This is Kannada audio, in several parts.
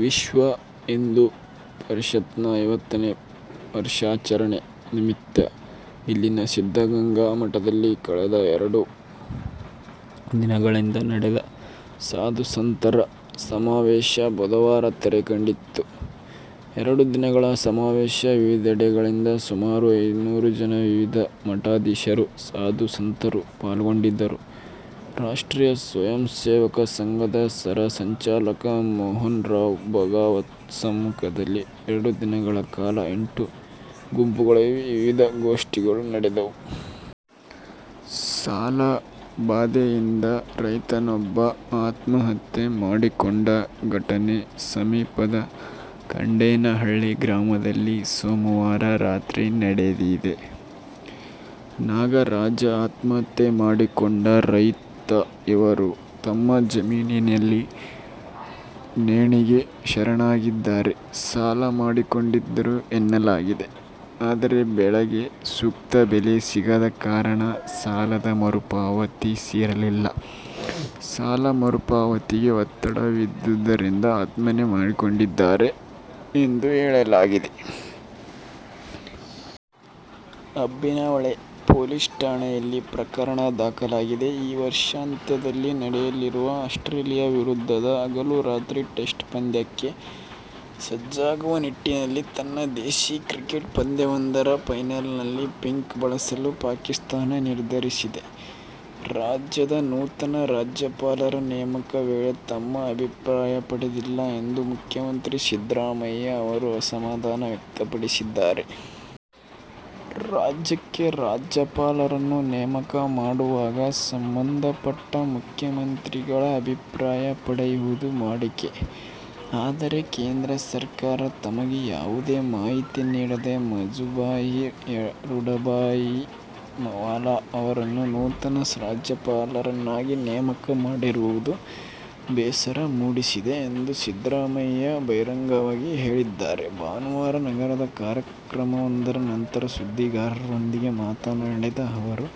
ವಿಶ್ವ ಹಿಂದೂ ಪರಿಷತ್ನ ಐವತ್ತನೇ ವರ್ಷಾಚರಣೆ ನಿಮಿತ್ಯ ಇಲ್ಲಿನ ಸಿದ್ಧಗಂಗಾ ಮಠದಲ್ಲಿ ಕಳೆದ ಎರಡು ದಿನಗಳಿಂದ ನಡೆದ ಸಾಧು ಸಂತರ ಸಮಾವೇಶ ಬುಧವಾರ ತೆರೆ ಕಂಡಿತು. ಎರಡು ದಿನಗಳ ಸಮಾವೇಶ ವಿವಿಧೆಡೆಗಳಿಂದ ಸುಮಾರು ಐನ್ನೂರು ಜನ ವಿವಿಧ ಮಠಾಧೀಶರು, ಸಾಧು ಸಂತರು ಪಾಲ್ಗೊಂಡಿದ್ದರು. ರಾಷ್ಟ್ರೀಯ ಸ್ವಯಂ ಸೇವಕ ಸಂಘದ ಸರ ಸಂಚಾಲಕ ಮೋಹನ್ರಾವ್ ಭಾಗವತ್ ಸಮ್ಮುಖದಲ್ಲಿ ಎರಡು ದಿನಗಳ ಕಾಲ ಎಂಟು ಗುಂಪುಗಳಲ್ಲಿ ವಿವಿಧ ಗೋಷ್ಠಿಗಳು ನಡೆದವು. ಸಾಲ ಬಾಧೆಯಿಂದ ರೈತನೊಬ್ಬ ಆತ್ಮಹತ್ಯೆ ಮಾಡಿಕೊಂಡ ಘಟನೆ ಸಮೀಪದ ಖಂಡೇನಹಳ್ಳಿ ಗ್ರಾಮದಲ್ಲಿ ಸೋಮವಾರ ರಾತ್ರಿ ನಡೆದಿದೆ. ನಾಗರಾಜಆತ್ಮಹತ್ಯೆ ಮಾಡಿಕೊಂಡ ರೈತ. ಇವರು ತಮ್ಮ ಜಮೀನಿನಲ್ಲಿ ನೇಣಿಗೆ ಶರಣಾಗಿದ್ದಾರೆ. ಸಾಲ ಮಾಡಿಕೊಂಡಿದ್ದರು ಎನ್ನಲಾಗಿದೆ. ಆದರೆ ಬೆಳೆಗೆ ಸೂಕ್ತ ಬೆಲೆ ಸಿಗದ ಕಾರಣ ಸಾಲದ ಮರುಪಾವತಿಸಿರಲಿಲ್ಲ. ಸಾಲ ಮರುಪಾವತಿಗೆ ಒತ್ತಡವಿದ್ದುದರಿಂದ ಆತ್ಮನೆ ಮಾಡಿಕೊಂಡಿದ್ದಾರೆ ಎಂದು ಹೇಳಲಾಗಿದೆ. ಅಬ್ಬಿನಹೊಳೆ ಪೊಲೀಸ್ ಠಾಣೆಯಲ್ಲಿ ಪ್ರಕರಣ ದಾಖಲಾಗಿದೆ. ಈ ವರ್ಷಾಂತ್ಯದಲ್ಲಿ ನಡೆಯಲಿರುವ ಆಸ್ಟ್ರೇಲಿಯ ವಿರುದ್ಧದ ಹಗಲು-ರಾತ್ರಿ ಟೆಸ್ಟ್ ಪಂದ್ಯಕ್ಕೆ ಸಜ್ಜಾಗುವ ನಿಟ್ಟಿನಲ್ಲಿ, ತನ್ನ ದೇಶಿ ಕ್ರಿಕೆಟ್ ಪಂದ್ಯವೊಂದರ ಫೈನಲ್ನಲ್ಲಿ ಪಿಂಕ್ ಬಳಸಲು ಪಾಕಿಸ್ಥಾನ ನಿರ್ಧರಿಸಿದೆ. ರಾಜ್ಯದ ನೂತನ ರಾಜ್ಯಪಾಲರ ನೇಮಕ ವೇಳೆ ತಮ್ಮ ಅಭಿಪ್ರಾಯ ಪಡೆದಿಲ್ಲ ಎಂದು ಮುಖ್ಯಮಂತ್ರಿ ಸಿದ್ದರಾಮಯ್ಯ ಅವರು ಅಸಮಾಧಾನ ವ್ಯಕ್ತಪಡಿಸಿದ್ದಾರೆ. ರಾಜ್ಯಕ್ಕೆ ರಾಜ್ಯಪಾಲರನ್ನು ನೇಮಕ ಮಾಡುವಾಗ ಸಂಬಂಧಪಟ್ಟ ಮುಖ್ಯಮಂತ್ರಿಗಳ ಅಭಿಪ್ರಾಯ ಪಡೆಯುವುದು ವಾಡಿಕೆ. ಆದರೆ ಕೇಂದ್ರ ಸರ್ಕಾರ ತಮಗೆ ಯಾವುದೇ ಮಾಹಿತಿ ನೀಡದೆ ವಜುಭಾಯಿ ರುಡಭಾಯಿ ವಾಲಾ ಅವರನ್ನು ನೂತನ ರಾಜ್ಯಪಾಲರನ್ನಾಗಿ ನೇಮಕ ಮಾಡಿರುವುದು ಬೇಸರ ಮೂಡಿಸಿದೆ ಎಂದು ಸಿದ್ದರಾಮಯ್ಯ ಬಹಿರಂಗವಾಗಿ ಹೇಳಿದ್ದಾರೆ. ಭಾನುವಾರ ನಗರದ ಕಾರ್ಯಕ್ರಮವೊಂದರ ನಂತರ ಸುದ್ದಿಗಾರರೊಂದಿಗೆ ಮಾತನಾಡಿದ ಅವರು,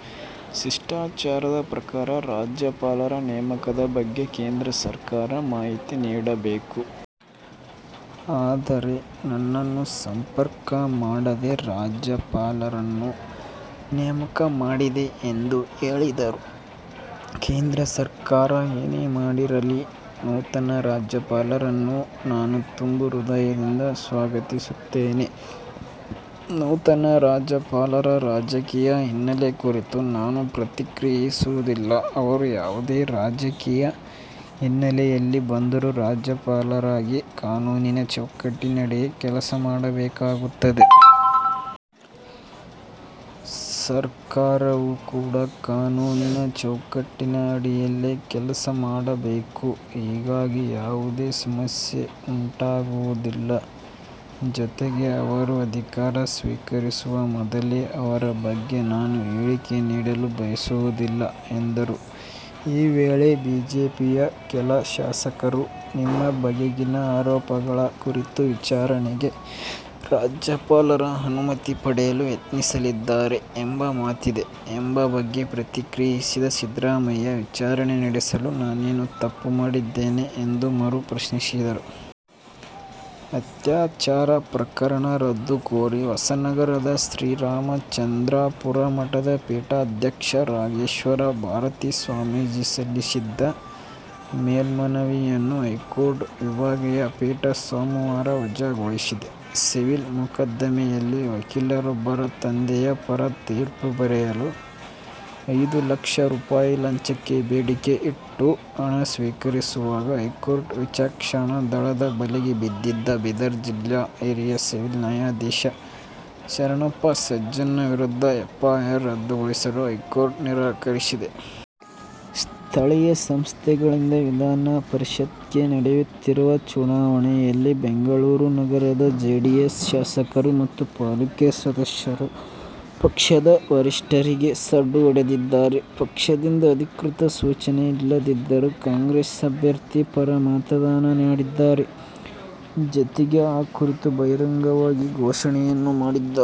ಶಿಷ್ಟಾಚಾರದ ಪ್ರಕಾರ ರಾಜ್ಯಪಾಲರ ನೇಮಕದ ಬಗ್ಗೆ ಕೇಂದ್ರ ಸರ್ಕಾರ ಮಾಹಿತಿ ನೀಡಬೇಕು. ಆದರೆ, ನನ್ನನ್ನು ಸಂಪರ್ಕ ಮಾಡದೆ ರಾಜ್ಯಪಾಲರನ್ನು ನೇಮಕ ಮಾಡಿದೆ ಎಂದು ಹೇಳಿದರು. ಕೇಂದ್ರ ಸರ್ಕಾರ ಏನೇ ಮಾಡಿರಲಿ, ನೂತನ ರಾಜ್ಯಪಾಲರನ್ನು ನಾನು ತುಂಬು ಹೃದಯದಿಂದ ಸ್ವಾಗತಿಸುತ್ತೇನೆ. ನೂತನ ರಾಜ್ಯಪಾಲರ ರಾಜಕೀಯ ಹಿನ್ನೆಲೆ ಕುರಿತು ನಾನು ಪ್ರತಿಕ್ರಿಯಿಸುವುದಿಲ್ಲ. ಅವರು ಯಾವುದೇ ರಾಜಕೀಯ ಹಿನ್ನೆಲೆಯಲ್ಲಿ ಬಂದರೂ ರಾಜ್ಯಪಾಲರಾಗಿ ಕಾನೂನಿನ ಚೌಕಟ್ಟಿನಡಿಯೇ ಕೆಲಸ ಮಾಡಬೇಕಾಗುತ್ತದೆ. ಸರ್ಕಾರವೂ ಕೂಡ ಕಾನೂನಿನ ಚೌಕಟ್ಟಿನ ಅಡಿಯಲ್ಲೇ ಕೆಲಸ ಮಾಡಬೇಕು. ಹೀಗಾಗಿ ಯಾವುದೇ ಸಮಸ್ಯೆ ಉಂಟಾಗುವುದಿಲ್ಲ. ಜೊತೆಗೆ ಅವರು ಅಧಿಕಾರ ಸ್ವೀಕರಿಸುವ ಮೊದಲೇ ಅವರ ಬಗ್ಗೆ ನಾನು ಹೇಳಿಕೆ ನೀಡಲು ಬಯಸುವುದಿಲ್ಲ ಎಂದರು. ಈ ವೇಳೆ ಬಿಜೆಪಿಯ ಕೆಲ ಶಾಸಕರು ನಿಮ್ಮ ಬಗೆಗಿನ ಆರೋಪಗಳ ಕುರಿತು ವಿಚಾರಣೆಗೆ ರಾಜ್ಯಪಾಲರ ಅನುಮತಿ ಪಡೆಯಲು ಯತ್ನಿಸಲಿದ್ದಾರೆ ಎಂಬ ಮಾತಿದೆ ಎಂಬ ಬಗ್ಗೆ ಪ್ರತಿಕ್ರಿಯಿಸಿದ ಸಿದ್ದರಾಮಯ್ಯ, ವಿಚಾರಣೆ ನಡೆಸಲು ನಾನೇನು ತಪ್ಪು ಮಾಡಿದ್ದೇನೆ ಎಂದು ಮರು ಪ್ರಶ್ನಿಸಿದರು. ಅತ್ಯಾಚಾರ ಪ್ರಕರಣ ರದ್ದು ಕೋರಿ ಹೊಸನಗರದ ಶ್ರೀರಾಮಚಂದ್ರಾಪುರ ಮಠದ ಪೀಠಾಧ್ಯಕ್ಷ ರಾಘವೇಶ್ವರ ಭಾರತಿ ಸ್ವಾಮೀಜಿ ಸಲ್ಲಿಸಿದ್ದ ಮೇಲ್ಮನವಿಯನ್ನು ಹೈಕೋರ್ಟ್ನ ವಿಭಾಗೀಯ ಪೀಠ ಸೋಮವಾರ ವಜಾಗೊಳಿಸಿದೆ. ಸಿವಿಲ್ ಮೊಕದ್ದಮೆಯಲ್ಲಿ ವಕೀಲರೊಬ್ಬರ ತಂದೆಯ ಪರ ತೀರ್ಪು ಬರೆಯಲು ಐದು ಲಕ್ಷ ರೂಪಾಯಿ ಲಂಚಕ್ಕೆ ಬೇಡಿಕೆಯಿಟ್ಟು ಹಣ ಸ್ವೀಕರಿಸುವಾಗ ಹೈಕೋರ್ಟ್ ವಿಚಕ್ಷಣಾ ದಳದ ಬಲೆಗೆ ಬಿದ್ದಿದ್ದ ಬೀದರ್ ಜಿಲ್ಲಾ ಹಿರಿಯ ಸಿವಿಲ್ ನ್ಯಾಯಾಧೀಶ ಶರಣ್ಣಪ್ಪ ಸಜ್ಜನ ವಿರುದ್ಧದ ಎಫ್ಐಆರ್ ರದ್ದುಗೊಳಿಸಲು ಹೈಕೋರ್ಟ್ ನಿರಾಕರಿಸಿದೆ. ಸ್ಥಳೀಯ ಸಂಸ್ಥೆಗಳಿಂದ ವಿಧಾನಪರಿಷತ್ಗೆ ನಡೆಯುತ್ತಿರುವ ಚುನಾವಣೆಯಲ್ಲಿ ಬೆಂಗಳೂರು ನಗರದ ಜೆಡಿಎಸ್ ಶಾಸಕರು ಮತ್ತು ಪಾಲಿಕೆ ಸದಸ್ಯರು ಪಕ್ಷದ ವರಿಷ್ಠರಿಗೆ ಸಡ್ಡು ಹೊಡೆದಿದ್ದಾರೆ. ಪಕ್ಷದಿಂದ ಅಧಿಕೃತ ಸೂಚನೆ ಇಲ್ಲದಿದ್ದರೂ ಕಾಂಗ್ರೆಸ್ ಅಭ್ಯರ್ಥಿ ಪರ ಮತದಾನ ಮಾಡಿದ್ದಾರೆ. ಜತೆಗೆ, ಆ ಕುರಿತು ಬಹಿರಂಗವಾಗಿ ಘೋಷಣೆಯನ್ನೂ ಮಾಡಿದ್ದಾರೆ.